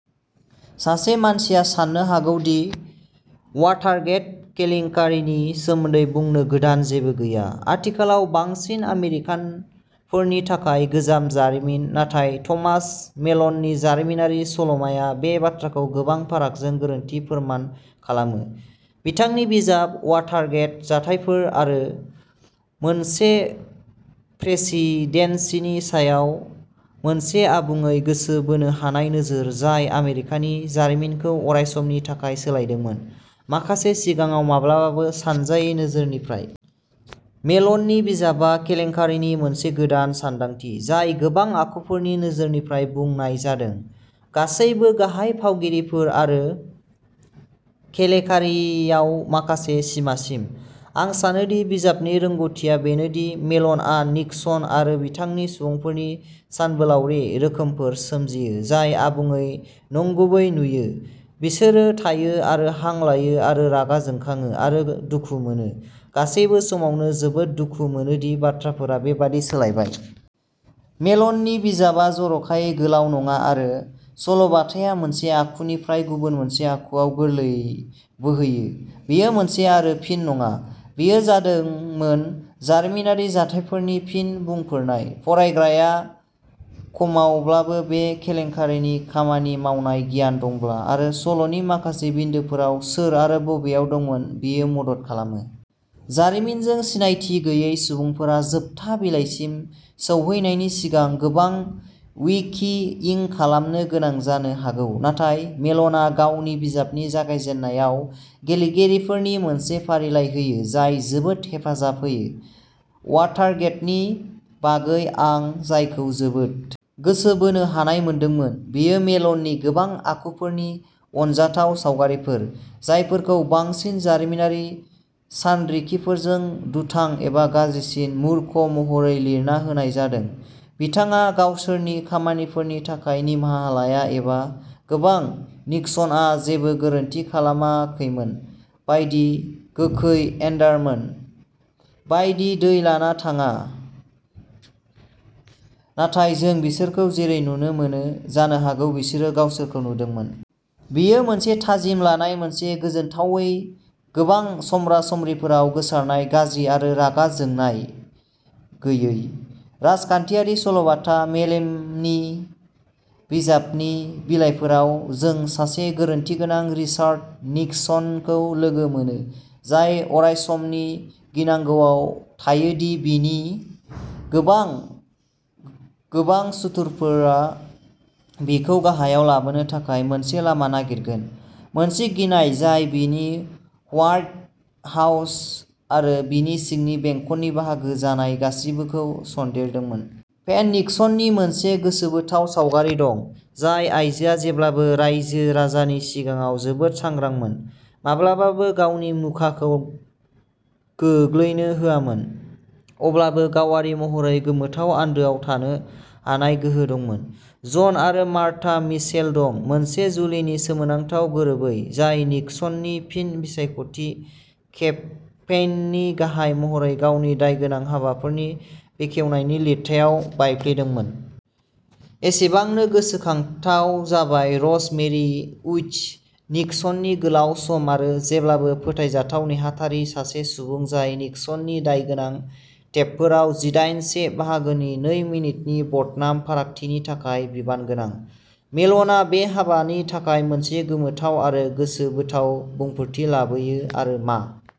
सासे मानसिया साननो हागौ दि वाटारगेट केलेंकारिनि सोमोन्दै बुंनो गोदान जेबो गैया, आथिखालाव बांसिन आमेरिकानफोरनि थाखाय गोजाम जारिमिन, नाथाय थमास मेलननि जारिमिनारि सल'माआ बे बाथ्राखौ गोबां फारागजों गोरोन्थि फोरमान खालामो। बिथांनि बिजाब, वाटारगेट, जाथायफोर आरो मोनसे प्रेसिडेन्सिनि सायाव मोनसे आबुङै गोसो बोनो हानाय नोजोर, जाय आमेरिकानि जारिमिनखौ अरायसमनि थाखाय सोलायदोंमोन, माखासे सिगाङाव माब्लाबाबो सानजायै नोजोरनिफ्राय। मेलननि बिजाबआ केलेंकारिनि मोनसे गोदान सानदांथि, जाय गोबां आखुफोरनि नोजोरनिफ्राय बुंनाय जादों, गासैबो गाहाय फावगिरिफोर आरो केलेकारियाव माखासे सिमासिम। आं सानो दि बिजाबनि रोंग'थिआ बेनो दि मेलनआ निक्सन आरो बिथांनि सुबुंफोरनि सानबोलावरि रोखोमफोर सोरजियो जाय आबुङै नंगुबै नुयो, बिसोरो थायो आरो हां लायो आरो रागा जोंखाङो आरो दुखु मोनो, गासैबो समावनो जोबोद दुखु मोनो दि बाथ्राफोरा बेबादि सोलायबाय। मेलननि बिजाबआ जर'खायै गोलाव नङा आरो सल'बाथाया मोनसे आखुनिफ्राय गुबुन मोनसे आखुआव गोरलैयै बोहैयो बेयो मोनसे आरो फिन नङा। बेयो जादोंमोन जारिमिनारि जाथायफोरनि फिन बुंफोरनाय, फरायग्राया खमावब्लाबो बे केलेंकारिनि खामानि मावनाय गियान दंब्ला आरो सल'नि माखासे बिन्दोफोराव सोर आरो बबेयाव दंमोन, बेयो मदद खालामो। जारिमिनजों सिनायथि गैयै सुबुंफोरा जोबथा बिलाइसिम सौहैनायनि सिगां गोबां विकि इं खालामनो गोनां जानो हागौ, नाथाय मेल'नआ गावनि बिजाबनि जागायजेननायाव गेलेगिरिफोरनि मोनसे फारिलाइ होयो जाय जोबोद हेफाजाब होयो। वाटारगेटनि बागै आं जायखौ जोबोद -- गोसो बोनो हानाय मोनदोंमोन, बेयो मेल'ननि गोबां आखुफोरनि अनजाथाव सावगारिमोन, जायफोरखौ बांसिन जारिमिनारि सानरिखिफोरजों दुथां एबा गाज्रिसिन, मुर्ख महरै लिरना होनाय जादों बिथाङा गावसोरनि खामानिफोरनि थाखाय निमाहा लाया एबा गोबां निक्सनआ जेबो गोरोन्थि खालामाखैमोन बायदि गोखै एन्डारमोन बायदि दै लाना थाङा, नाथाय जों बिसोरखौ जेरै नुनो मोनो, जानो हागौ, बिसोरो गावसोरखौ नुदोंमोन। बेयो मोनसे थाजिम लानाय मोनसे गोजोनथावै गोबां समब्रा-समब्रिफोराव गोसारनाय गाज्रि आरो रागा जोंनाय गैयै। राजखान्थियारि सल'बाथा। मेलननि बिजाबनि बिलाइफोराव, जों सासे गोरोन्थिगोनां रिचार्ड निक्सनखौ लोगो मोनो, जाय अरायसमनि गिनांगौआव थायो दि बिनि गोबां, गोबां सुथुरफोरा बिखौ गाहायाव लाबोनो थाखाय मोनसे लामा नागिरगोन, मोनसे गिनाय जाय बिनि हवाइट हाउस आरो बिनि सिंनि बेंखननि बाहागो जानाय गासिबोखौ सन्देरदोंमोन। पेट निक्सननि मोनसे गोसोबोथाव सावगारि दं, जाय आयजोआ जेब्लाबो रायजो-राजानि सिगाङाव जोबोद सांग्रांमोन, माब्लाबाबो गावनि मुखाखौ गोग्लैनो होआमोन, अब्लाबो गावारि महरै गोमोथाव आन्दोआव थानो हानाय गोहो दंमोन। जन आरो मार्था मिचेल दं, मोनसे जुलिनि सोमोनांथाव गोरोबै, जाय निक्सननि फिन बिसायख'थि केम्पेइननि गाहाय महरै गावनि दायगोनां हाबाफोरनि बेखेवनायनि लिरथायाव बायफ्लेदोंमोन। एसेबांनो गोसोखांथाव जाबाय रज मेरि उड्स, निक्सननि गोलाव सम आरो जेब्लाबो फोथायजाथाव नेहाथारि, सासे सुबुं जाय निक्सननि दायगोनां टेपफोराव जिदाइन से बाहागोनि नै मिनिटनि बदनाम फारागथिनि थाखाय बिबानगोनां। मेलनआ बे हाबानि थाखाय मोनसे गोमोथाव आरो गोसोबोथाव बुंफोरथि लाबोयो आरो मा।